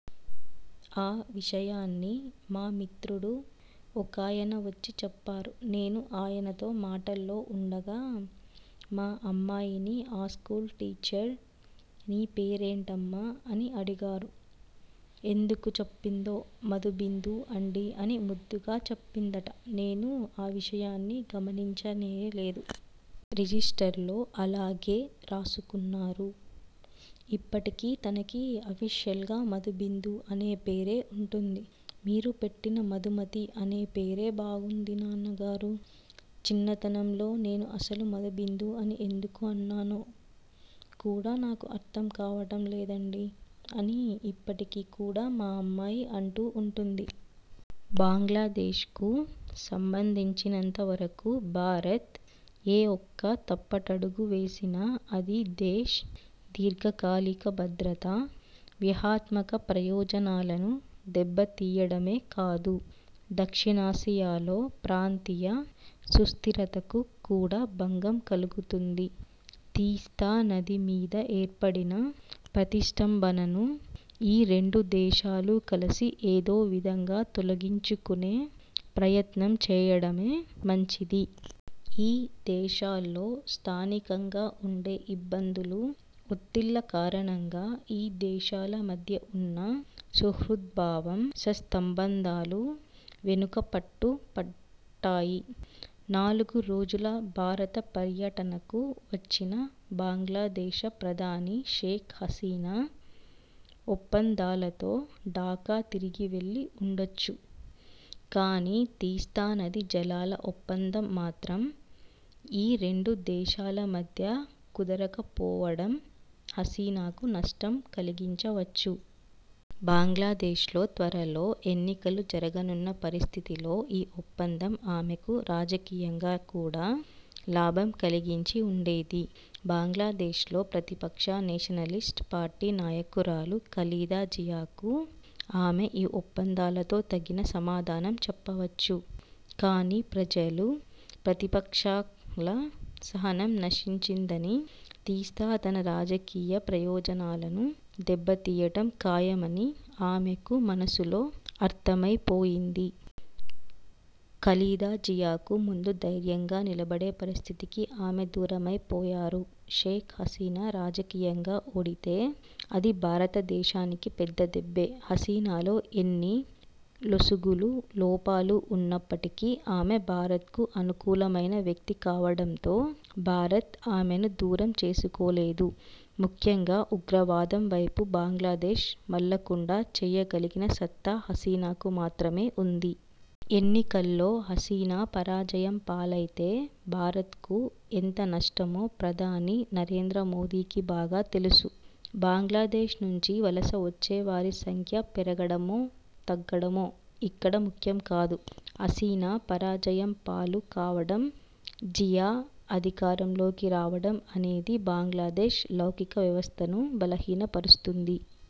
ఆ విషయాన్ని మా మిత్రుడు ఒకాయన వచ్చి చెప్పారు. నేను ఆయనతో మాటల్లో ఉండగా మా అమ్మాయిని ఆ స్కూల్ టీచర్ 'నీ పేరేంటమ్మా? ' అని అడిగారు. ఎందుకు చెప్పిందో 'మధు బిందు అండీ' అని ముద్దుగా చెప్పిందట. నేను ఆ విషయాన్ని గమనించనేలేదు. రిజిస్టర్లో అలాగే రాసుకున్నారు. ఇప్పటికీ తనకి అఫిషియల్గా 'మధు బిందు' అనే పేరే ఉంటుంది. 'మీరు పెట్టిన మధుమతి అనే పేరే బావుంది నాన్నగారు. చిన్నతనంలో నేను అసలు మధుబిందు అని ఎందుకు అన్నానో కూడా నాకు అర్థం కావడం లేదండీ' అని ఇప్పటికి కూడా మా అమ్మాయి అంటూ ఉంటుంది. బంగ్లాదేశ్ కు సంబంధించినంత వరకూ భారత్ ఏ ఒక్క తప్పటడుగు వేసినా అది దేశ్ దీర్ఘకాలిక భద్రత, వ్యూహాత్మక ప్రయోజనాలను దెబ్బ తీయడమే కాదు, దక్షిణాసియాలో ప్రాంతీయ సుస్థిరతకు కూడా భంగం కలుగుతుంది. తీస్తా నది మీద ఏర్పడిన ప్రతిష్ఠంభనను ఈ రెండు దేశాలూ కలిసి ఏదో విధంగా తొలగించుకునే ప్రయత్నం చేయడమే మంచిది. ఈ దేశాల్లో స్థానికంగా ఉండే ఇబ్బందులు, ఒత్తిళ్ల కారణంగా ఈ దేశాల మధ్య ఉన్న సుహృద్భావం, సత్సంబంధాలు వెనుకపట్టు పట్టాయి. నాలుగు రోజుల భారత పర్యటనకు వచ్చిన బంగ్లాదేశ ప్రధాని షేక్ హసీనా ఒప్పందాలతో ఢాకా తిరిగి వెళ్లి ఉండొచ్చు. కానీ, తీస్తా నదీ జలాల ఒప్పందం మాత్రం ఈ రెండు దేశాల మధ్య కుదరకపోవడం హసీనాకు నష్టం కలిగించవచ్చు. బంగ్లాదేశ్ లో త్వరలో ఎన్నికలు జరగనున్న పరిస్థితిలో ఈ ఒప్పందం ఆమెకు రాజకీయంగా కూడా లాభం కలిగించి ఉండేది. బంగ్లాదేశ్ లో ప్రతిపక్ష నేషనలిస్ట్ పార్టీ నాయకురాలు ఖలీదా జియాకు ఆమె ఈ ఒప్పందాలతో తగిన సమాధానం చెప్పవచ్చు. కానీ, ప్రజలు, ప్రతిపక్షాల సహనం నశించిందనీ, తీస్తా తన రాజకీయ ప్రయోజనాలను దెబ్బ తీయడం ఖాయమనీ ఆమెకు మనసులో అర్థమైపోయింది. ఖలీదా జియా ముందు ధైర్యంగా నిలబడే పరిస్థితికి ఆమె దూరమైపోయారు. షేక్ హసీనా రాజకీయంగా ఓడిపోతే అది భారతదేశానికి పెద్ద దెబ్బే హసీనాలో ఎన్ని లొసుగులు, లోపాలు ఉన్నప్పటికీ, ఆమె భారత్ కు అనుకూలమైన వ్యక్తి కావడంతో భారత్ ఆమెను దూరం చేసుకోలేదు. ముఖ్యంగా ఉగ్రవాదం వైపు బంగ్లాదేశ్ మళ్లకుండా చేయగలిగిన సత్తా హసీనాకు మాత్రమే ఉంది. ఎన్నికల్లో హసీనాపరాజయం పాలైతే భారత్ కు ఎంత నష్టమో ప్రధాని నరేంద్ర మోదీకి బాగా తెలుసు. బంగ్లాదేశ్ నుంచి వలస వచ్చేవారి సంఖ్య పెరగడమో, తరగడమో ఇక్కడ ముఖ్యం కాదు. హసీనా పరాజయం పాలు కావడం, జియా అధికారంలోకి రావడం అనేది బంగ్లాదేశ్ లౌకిక వ్యవస్థను బలహీనపరుస్తుంది.